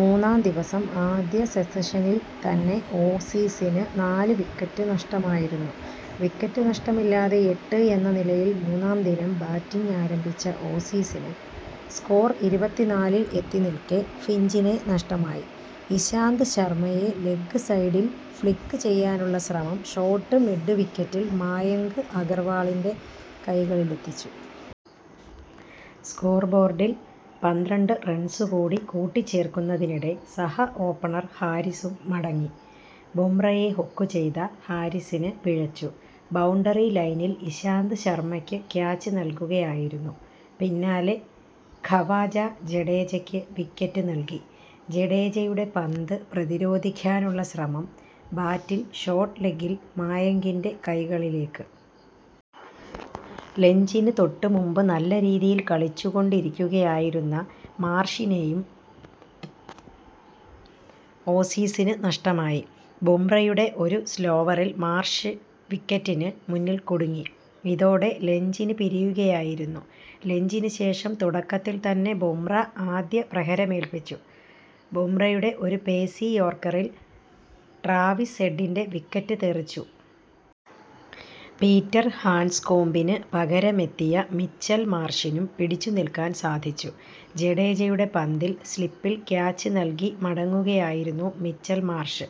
മൂന്നാം ദിവസം ആദ്യ സെസഷനിൽ തന്നെ ഓസീസിന് നാല് വിക്കറ്റ് നഷ്ടമായിരുന്നു. വിക്കറ്റ് നഷ്ടമില്ലാതെ എട്ട് എന്ന നിലയിൽ മൂന്നാം ദിനം ബാറ്റിങ് ആരംഭിച്ച ഓസീസിന് സ്കോർ ഇരുപത്തിനാലിൽ എത്തിനിൽക്കെ ഫിഞ്ചിനെ നഷ്ടമായി. ഇശാന്ത് ശർമയെ ലെഗ് സൈഡിൽ ഫ്ളിക്ക് ചെയ്യാനുള്ള ശ്രമം ഷോർട്ട് മിഡ് വിക്കറ്റിൽ മായങ്ക് അഗർവാളിൻ്റെ കൈകളിലെത്തിച്ചു. സ്കോർ ബോർഡിൽ പന്ത്രണ്ട് റൺസ് കൂടി കൂട്ടിച്ചേർക്കുന്നതിനിടെ സഹ ഓപ്പണർ ഹാരിസും മടങ്ങി. ബുംറയെ ഹുക്ക് ചെയ്ത ഹാരിസിന് പിഴച്ചു. ബൌണ്ടറി ലൈനിൽ ഇശാന്ത് ശർമയ്ക്ക് ക്യാച്ച് നൽകുകയായിരുന്നു. പിന്നാലെ ഖവാജ ജഡേജയ്ക്ക് വിക്കറ്റ് നൽകി. ജഡേജയുടെ പന്ത് പ്രതിരോധിക്കാനുള്ള ശ്രമം ബാറ്റിൽ ഷോർട്ട് ലെഗിൽ മായങ്കിൻ്റെ കൈകളിലേക്ക്. ലഞ്ചിന് തൊട്ട് മുമ്പ് നല്ല രീതിയിൽ കളിച്ചിക്കൊണ്ടിരിക്കുകയായിരുന്ന മാർഷിനെയും ഓസീസിന് നഷ്ടമായി. ബുംറയുടെ ഒരു സ്ലോവറിൽ മാർഷ് വിക്കറ്റിന് മുന്നിൽ കുടുങ്ങി. ഇതോടെ ലഞ്ചിന് പിരിയുകയായിരുന്നു. ലഞ്ചിന് ശേഷം തുടക്കത്തിൽ തന്നെ ബുംറ ആദ്യ പ്രഹരമേൽപ്പിച്ചു. ബുംറയുടെ ഒരു പേസി യോർക്കറിൽ ട്രാവിസ് ഹെഡിൻ്റെ വിക്കറ്റ് തെറിച്ചു. പീറ്റർ ഹാൻഡ്സ്കോംബിന് പകരമെത്തിയ മിച്ചൽ മാർഷിനും പിടിച്ചു നിൽക്കാൻ സാധിച്ചു. ജഡേജയുടെ പന്തിൽ സ്ലിപ്പിൽ ക്യാച്ച് നൽകി മടങ്ങുകയായിരുന്നു മിച്ചൽ മാർഷ്.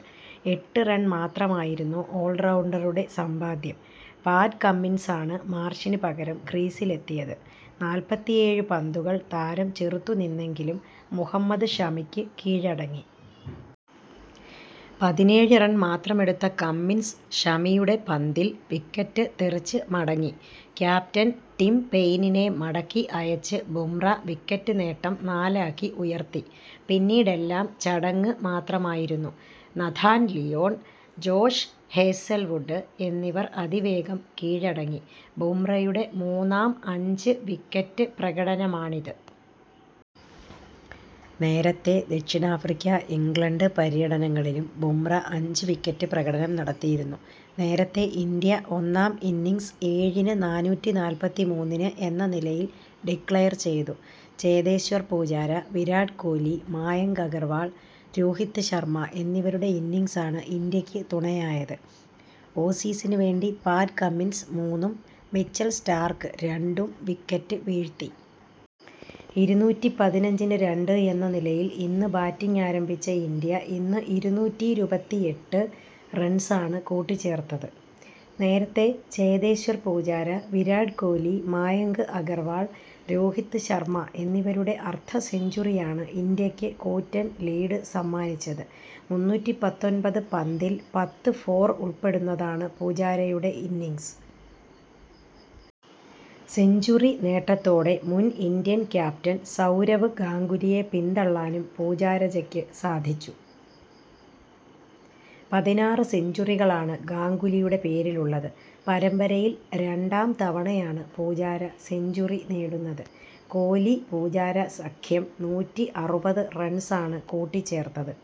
എട്ട് റൺ മാത്രമായിരുന്നു ഓൾറൌണ്ടറുടെ സമ്പാദ്യം. പാറ്റ് കമ്മിൻസാണ് മാർഷിന് പകരം ക്രീസിലെത്തിയത്. നാല്പത്തിയേഴ് പന്തുകൾ താരം ചെറുത്തുനിന്നെങ്കിലും മുഹമ്മദ് ഷമിക്ക് കീഴടങ്ങി. പതിനേഴ് റൺ മാത്രമെടുത്ത കമ്മിൻസ് ഷമിയുടെ പന്തിൽ വിക്കറ്റ് തെറിച്ച് മടങ്ങി. ക്യാപ്റ്റൻ ടിം പെയ്നിനെ മടക്കി അയച്ച് ബുംറ വിക്കറ്റ് നേട്ടം നാലാക്കി ഉയർത്തി. പിന്നീടെല്ലാം ചടങ്ങ് മാത്രമായിരുന്നു. നഥാൻ ലിയോൺ, ജോഷ് ഹേസൽവുഡ് എന്നിവർ അതിവേഗം കീഴടങ്ങി. ബുംറയുടെ മൂന്നാം അഞ്ച് വിക്കറ്റ് പ്രകടനമാണിത്. നേരത്തെ ദക്ഷിണാഫ്രിക്ക, ഇംഗ്ലണ്ട് പര്യടനങ്ങളിലും ബുംറ അഞ്ച് വിക്കറ്റ് പ്രകടനം നടത്തിയിരുന്നു. നേരത്തെ, ഇന്ത്യ ഒന്നാം ഇന്നിങ്സ് ഏഴിന് നാനൂറ്റിനാല്പത്തിമൂന്നിന് എന്ന നിലയിൽ ഡിക്ലയർ ചെയ്തു. ചേതേശ്വർ പൂജാര, വിരാട് കോലി, മായങ്ക് അഗർവാൾ, രോഹിത് ശർമ എന്നിവരുടെ ഇന്നിങ്സാണ് ഇന്ത്യക്ക് തുണയായത്. ഓസീസിന് വേണ്ടി പാറ്റ് കമ്മിൻസ് മൂന്നും മിച്ചൽ സ്റ്റാർക്ക് രണ്ടും വിക്കറ്റ് വീഴ്ത്തി. ഇരുന്നൂറ്റിപതിനഞ്ചിന് രണ്ട് എന്ന നിലയിൽ ഇന്ന് ബാറ്റിങ് ആരംഭിച്ച ഇന്ത്യ ഇന്ന് ഇരുന്നൂറ്റീരുപത്തിഏട്ട് റൺസാണ് കൂട്ടിച്ചേർത്തത്. നേരത്തെ, ചേതേശ്വർ പൂജാര, വിരാട് കോലി, മായങ്ക് അഗർവാൾ, രോഹിത് ശർമ എന്നിവരുടെ അർധ സെഞ്ചുറിയാണ് ഇന്ത്യക്ക് കൂറ്റൻ ലീഡ് സമ്മാനിച്ചത്. മുന്നൂറ്റിപത്തൊൻപത് പന്തിൽ പത്ത് ഫോർ ഉൾപ്പെടുന്നതാണ് പൂജാരയുടെ ഇന്നിങ്സ്. സെഞ്ചുറി നേട്ടത്തോടെ മുൻ ഇന്ത്യൻ ക്യാപ്റ്റൻ സൗരവ് ഗാംഗുലിയെ പിന്തള്ളാനും പൂജാരജയ്ക്ക് സാധിച്ചു. പതിനാറ് സെഞ്ചുറികളാണ് ഗാംഗുലിയുടെ പേരിലുള്ളത്. പരമ്പരയിൽ രണ്ടാം തവണയാണ് പൂജാര സെഞ്ചുറി നേടുന്നത്. കോലി പൂജാര സഖ്യം നൂറ്റിഅറുപത് റൺസാണ് കൂട്ടിച്ചേർത്തത്.